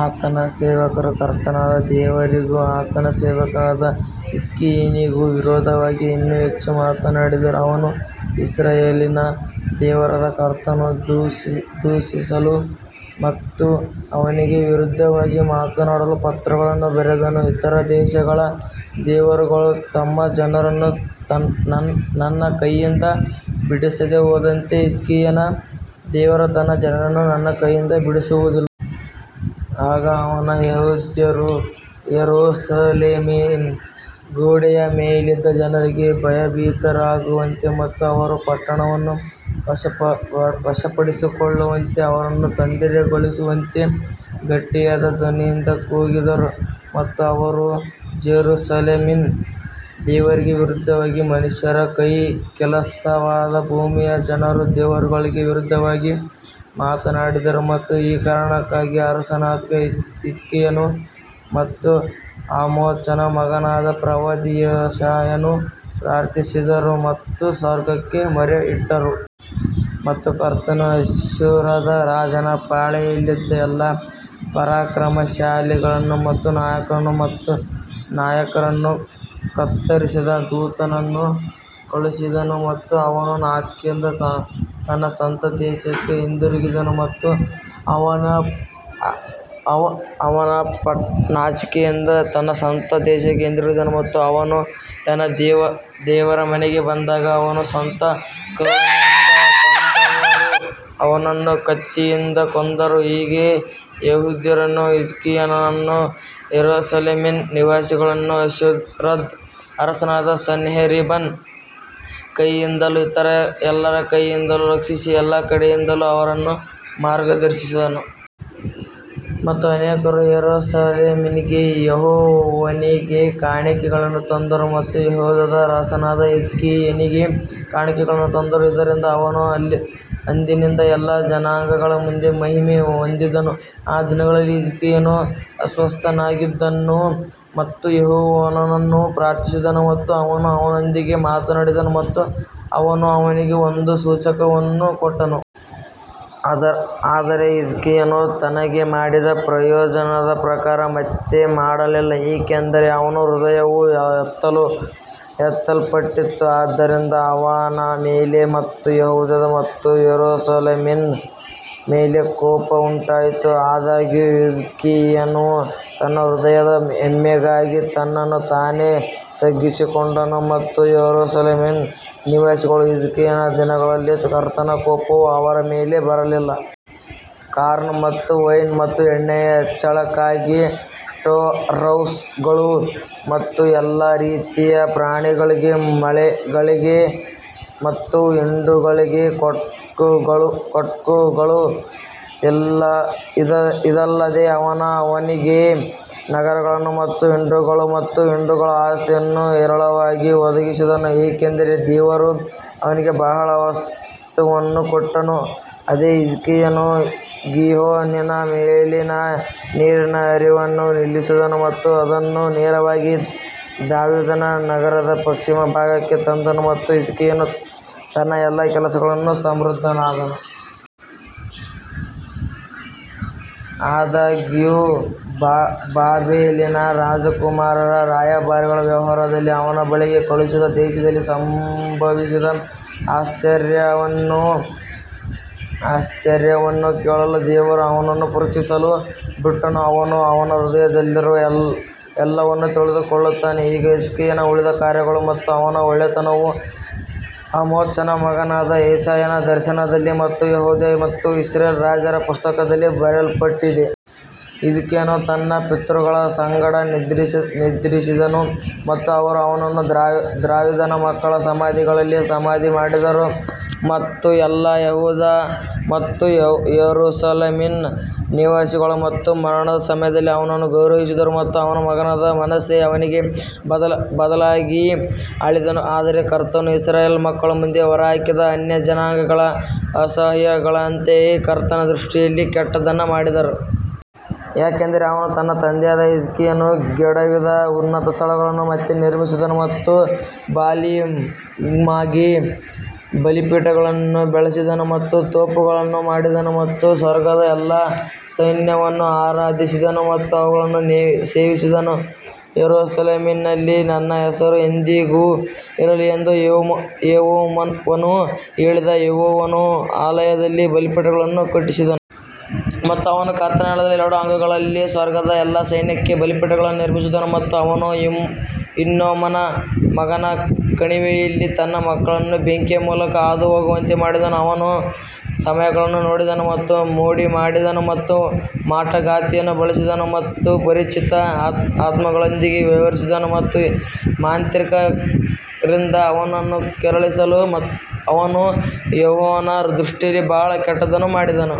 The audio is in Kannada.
ಆತನ ಸೇವಕರು ಕರ್ತನಾದ ದೇವರಿಗೂ ಆತನ ಸೇವಕನಾದ ಹಿಜ್ಕೀಯನಿಗೂ ವಿರೋಧವಾಗಿ ಇನ್ನೂ ಹೆಚ್ಚು ಮಾತಾಡಿದರು ಅವನು ಇಸ್ರಾಯೇಲಿನ ದೇವರಾದ ಕರ್ತನನ್ನು ದೂಷಿಸಲು ಮತ್ತು ಅವನಿಗೆ ವಿರುದ್ಧವಾಗಿ ಮಾತನಾಡಲು ಪತ್ರಗಳನ್ನು ಬರೆದನು ಇತರ ದೇಶಗಳ ದೇವರುಗಳು ತಮ್ಮ ಜನರನ್ನು ನನ್ನ ಕೈಯಿಂದ ಬಿಡಿಸದೆ ಹೋದಂತೆ ಹಿಜ್ಕೀಯನ ದೇವರು ತನ್ನ ಜನರನ್ನು ನನ್ನ ಕೈಯಿಂದ ಬಿಡಿಸುವುದಿಲ್ಲ. ಆಗ ಅವರು ಯೆಹೂದ್ಯರು ಯೆರೂಸಲೇಮಿನ ಗೋಡೆಯ ಮೇಲಿದ್ದ ಜನರಿಗೆ ಭಯಭೀತರಾಗುವಂತೆ ಮತ್ತು ಅವರು ಪಟ್ಟಣವನ್ನು ವಶಪಡಿಸಿಕೊಳ್ಳುವಂತೆ ಅವರನ್ನು ತೊಂದರೆಗೊಳಿಸುವಂತೆ ಗಟ್ಟಿಯಾದ ಧ್ವನಿಯಲ್ಲಿ ಕೂಗಿದರು. ಮತ್ತು ಅವರು ಜೆರುಸಲೇಮಿನ ದೇವರಿಗೆ ವಿರುದ್ಧವಾಗಿ ಮನುಷ್ಯರ ಕೈಕೆಲಸವಾದ ಭೂಮಿಯ ಜನರ ದೇವರುಗಳಿಗೆ ವಿರುದ್ಧವಾಗಿ ಮಾತನಾಡಿದರು. ಮತ್ತು ಈ ಕಾರಣಕ್ಕಾಗಿ ಅರಸನಾದ ಹಿಜ್ಕೀಯನು ಮತ್ತು ಆಮೋಚನ ಮಗನಾದ ಪ್ರವಾದಿ ಯೆಶಾಯನು ಪ್ರಾರ್ಥಿಸಿದರು ಮತ್ತು ಸ್ವರ್ಗಕ್ಕೆ ಮೊರೆಯಿಟ್ಟರು. ಮತ್ತು ಕರ್ತನು ಅಶ್ಶೂರದ ರಾಜನ ಪಾಳೆಯದಲ್ಲಿದ್ದ ಎಲ್ಲಾ ಪರಾಕ್ರಮಶಾಲಿಗಳನ್ನು ಮತ್ತು ನಾಯಕರನ್ನು ಮತ್ತು ನಾಯಕರನ್ನು ಕತ್ತರಿಸಿದ ದೂತನನ್ನು ಕಳುಹಿಸಿದನು ಮತ್ತು ಅವನು ನಾಚಿಕೆಯಿಂದ ತನ್ನ ಸ್ವಂತ ದೇಶಕ್ಕೆ ಹಿಂದಿರುಗಿದನು ಮತ್ತು ಅವನು ತನ್ನ ದೇವರ ಮನೆಗೆ ಬಂದಾಗ ಅವನ ಸ್ವಂತ ಕರುಳಿನಿಂದ ಬಂದವರು ಅವನನ್ನು ಕತ್ತಿಯಿಂದ ಕೊಂದರು ಹೀಗೆ ಯೆಹೋವನು ಹಿಜ್ಕೀಯನನ್ನೂ ಯೆರೂಸಲೇಮಿನ ನಿವಾಸಿಗಳನ್ನೂ ಅಶ್ಶೂರದ ಅರಸನಾದ ಸನ್ಹೇರೀಬನ ಕೈಯಿಂದಲೂ ಇತರ ಎಲ್ಲರ ಕೈಯಿಂದಲೂ ರಕ್ಷಿಸಿ ಎಲ್ಲಾ ಕಡೆಯಿಂದಲೂ ಅವರನ್ನು ಮಾರ್ಗದರ್ಶಿಸಿದನು. ಮತ್ತು ಅನೇಕರು ಯೆರೂಸಲೇಮಿಗೆ ಯೆಹೋವನಿಗೆ ಕಾಣಿಕೆಗಳನ್ನು ತಂದರು ಮತ್ತು ಯೆಹೂದದ ಅರಸನಾದ ಹಿಜ್ಕೀಯನಿಗೆ ಕಾಣಿಕೆಗಳನ್ನು ತಂದರು, ಇದರಿಂದ ಅವನು ಅಂದಿನಿಂದ ಎಲ್ಲಾ ಜನಾಂಗಗಳ ಮುಂದೆ ಮಹಿಮೆ ಹೊಂದಿದನು. ಆ ದಿನಗಳಲ್ಲಿ ಹಿಜ್ಕೀಯನು ಅಸ್ವಸ್ಥನಾಗಿದ್ದನು ಮತ್ತು ಯೆಹೋವನನ್ನು ಪ್ರಾರ್ಥಿಸಿದನು ಮತ್ತು ಅವನು ಅವನೊಂದಿಗೆ ಮಾತಾಡಿದನು ಮತ್ತು ಅವನು ಅವನಿಗೆ ಒಂದು ಸೂಚಕವನ್ನು ಕೊಟ್ಟನು. ಆದರೆ ಹಿಜ್ಕೀಯನು ತನಗೆ ಮಾಡಿದ ಪ್ರಯೋಜನದ ಪ್ರಕಾರ ಮತ್ತೆ ಮಾಡಲಿಲ್ಲ, ಏಕೆಂದರೆ ಅವನ ಹೃದಯವು ಎತ್ತಲ್ಪಟ್ಟಿತು, ಆದ್ದರಿಂದ ಅವನ ಮೇಲೆ ಮತ್ತು ಯೆಹೂದ ಮತ್ತು ಯೆರೂಸಲೇಮಿನ ಮೇಲೆ ಕೋಪ ಉಂಟಾಯಿತು. ಆದಾಗ್ಯೂ ಹಿಜ್ಕೀಯನು ತನ್ನ ಹೃದಯದ ಹೆಮ್ಮೆಗಾಗಿ ತನ್ನನ್ನು ತಾನೇ ತಗ್ಗಿಸಿಕೊಂಡನು ಮತ್ತು ಯೆರೂಸಲೇಮಿನ ನಿವಾಸಿಗಳು ಹಿಜ್ಕೀಯನ ದಿನಗಳಲ್ಲಿ ಕರ್ತನ ಕೋಪವು ಅವರ ಮೇಲೆ ಬರಲಿಲ್ಲ. ಕಾರ್ನ್ ಮತ್ತು ವೈನ್ ಮತ್ತು ಎಣ್ಣೆಯ ಹೆಚ್ಚಳಕ್ಕಾಗಿ ಸ್ಟೋರ್ಹೌಸ್ಗಳು ಮತ್ತು ಎಲ್ಲಾ ರೀತಿಯ ಪ್ರಾಣಿಗಳಿಗೆ ಮಳಿಗೆಗಳು ಮತ್ತು ಹಿಂಡುಗಳಿಗೆ ಕೋಟ್ಗಳು ಇದಲ್ಲದೆ ಅವನು ಅವನಿಗೆ ನಗರಗಳನ್ನು ಮತ್ತು ಹಿಂಡುಗಳು ಮತ್ತು ಹಿಂಡುಗಳ ಆಸ್ತಿಯನ್ನು ಹೇರಳವಾಗಿ ಒದಗಿಸಿದನು, ಏಕೆಂದರೆ ದೇವರು ಅವನಿಗೆ ಬಹಳ ವಸ್ತುವನ್ನು ಕೊಟ್ಟನು. ಅದೇ ಹಿಜ್ಕೀಯನು ಗೀಹೋನಿನ ಮೇಲಿನ ನೀರಿನ ಹರಿವನ್ನು ನಿಲ್ಲಿಸಿದನು ಮತ್ತು ಅದನ್ನು ನೇರವಾಗಿ ದಾವೀದನ ನಗರದ ಪಶ್ಚಿಮ ಭಾಗಕ್ಕೆ ತಂದನು ಮತ್ತು ಹಿಜ್ಕೀಯನು ತನ್ನ ಎಲ್ಲಾ ಕೆಲಸಗಳಲ್ಲಿ ಸಮೃದ್ಧನಾದನು. ಆದಾಗ್ಯೂ, ಬಾಬೆಲಿನ ರಾಜಕುಮಾರರ ರಾಯಭಾರಿಗಳ ವ್ಯವಹಾರದಲ್ಲಿ ಅವನ ಬಳಿಗೆ ಕಳುಹಿಸಿದ ದೇಶದಲ್ಲಿ ಸಂಭವಿಸಿದ ಆಶ್ಚರ್ಯವನ್ನು ಕೇಳಲು ದೇವರು ಅವನನ್ನು ಪರೀಕ್ಷಿಸಲು ಬಿಟ್ಟನು, ಅವನು ಅವನ ಹೃದಯದಲ್ಲಿರುವ ಎಲ್ಲವನ್ನೂ ತಿಳಿದುಕೊಳ್ಳುತ್ತಾನೆ. ಈಗ ಹಿಜ್ಕೀಯನ ಉಳಿದ ಕಾರ್ಯಗಳು ಮತ್ತು ಅವನ ಒಳ್ಳೆಯತನವು ಆಮೋಚನ ಮಗನಾದ ಯೆಶಾಯನ ದರ್ಶನದಲ್ಲಿ ಮತ್ತು ಯೆಹೂದ ಮತ್ತು ಇಸ್ರೇಲ್ ರಾಜರ ಪುಸ್ತಕದಲ್ಲಿ ಬರೆಯಲ್ಪಟ್ಟಿದೆ. ಹಿಜ್ಕೀಯನು ತನ್ನ ಪಿತೃಗಳ ಸಂಗಡ ನಿದ್ರಿಸಿದನು ಮತ್ತು ಅವರು ಅವನನ್ನು ದಾವೀದನ ಮಕ್ಕಳ ಸಮಾಧಿಗಳಲ್ಲಿ ಸಮಾಧಿ ಮಾಡಿದರು ಮತ್ತು ಎಲ್ಲಾ ಯೆಹೂದ ಮತ್ತು ಯೆರೂಸಲೇಮಿನ ನಿವಾಸಿಗಳು ಅವನ ಮರಣದ ಸಮಯದಲ್ಲಿ ಅವನನ್ನು ಗೌರವಿಸಿದರು ಮತ್ತು ಅವನ ಮಗನಾದ ಮನಸ್ಸೆ ಅವನಿಗೆ ಬದಲಾಗಿ ಆಳಿದನು. ಆದರೆ ಕರ್ತನು ಇಸ್ರಾಯೇಲ್ ಮಕ್ಕಳ ಮುಂದೆ ಹೊರಹಾಕಿದ ಅನ್ಯಜನಾಂಗಗಳ ಅಸಹ್ಯಗಳಂತೆಯೇ ಕರ್ತನ ದೃಷ್ಟಿಯಲ್ಲಿ ಕೆಟ್ಟದ್ದನ್ನು ಮಾಡಿದರು. ಯಾಕಂದರೆ ಅವನು ತನ್ನ ತಂದೆಯಾದ ಹಿಜ್ಕೀಯನು ಕೆಡವಿದ ಉನ್ನತ ಸ್ಥಳಗಳನ್ನು ಮತ್ತೆ ನಿರ್ಮಿಸಿದನು ಮತ್ತು ಅವನು ಬಾಲಿಮ್ಗಾಗಿ ಬಲಿಪೀಠಗಳನ್ನು ಬೆಳೆಸಿದನು ಮತ್ತು ತೋಪುಗಳನ್ನು ಮಾಡಿದನು ಮತ್ತು ಸ್ವರ್ಗದ ಎಲ್ಲಾ ಸೈನ್ಯವನ್ನು ಆರಾಧಿಸಿದನು ಮತ್ತು ಅವುಗಳನ್ನು ಸೇವಿಸಿದನು. ಯೆರೂಸಲೇಮಿನಲ್ಲಿ ನನ್ನ ಹೆಸರು ಎಂದೆಂದಿಗೂ ಇರಲಿ ಎಂದು ಯೆಹೋವನು ಹೇಳಿದ ಯೆಹೋವನ ಆಲಯದಲ್ಲಿ ಬಲಿಪೀಠಗಳನ್ನು ಕಟ್ಟಿಸಿದನು. ಮತ್ತು ಅವನು ಕರ್ತನ ಆಲಯದ ಎರಡು ಅಂಗಳಗಳಲ್ಲಿ ಸ್ವರ್ಗದ ಎಲ್ಲಾ ಸೈನ್ಯಕ್ಕೆ ಬಲಿಪೀಠಗಳನ್ನು ನಿರ್ಮಿಸಿದನು ಮತ್ತು ಅವನು ಹಿನ್ನೋಮನ ಮಗನ ಕಣಿವೆಯಲ್ಲಿ ತನ್ನ ಮಕ್ಕಳನ್ನು ಬೆಂಕಿಯ ಮೂಲಕ ಹಾದುಹೋಗುವಂತೆ ಮಾಡಿದನು, ಅವನು ಸಮಯಗಳನ್ನು ನೋಡಿದನು ಮತ್ತು ಮೋಡಿಮಾಡಿದನು ಮತ್ತು ಮಾಟಗಾತಿಯನ್ನು ಬಳಸಿದನು ಮತ್ತು ಪರಿಚಿತ ಆತ್ಮದೊಂದಿಗೆ ವ್ಯವಹರಿಸಿದನು ಮತ್ತು ಮಾಂತ್ರಿಕರಿಂದ ಅವನನ್ನು ಕೆರಳಿಸಲು ಅವನು ಯೆಹೋವನ ದೃಷ್ಟಿಯಲ್ಲಿ ಬಹಳ ಕೆಟ್ಟದ್ದನ್ನು ಮಾಡಿದನು.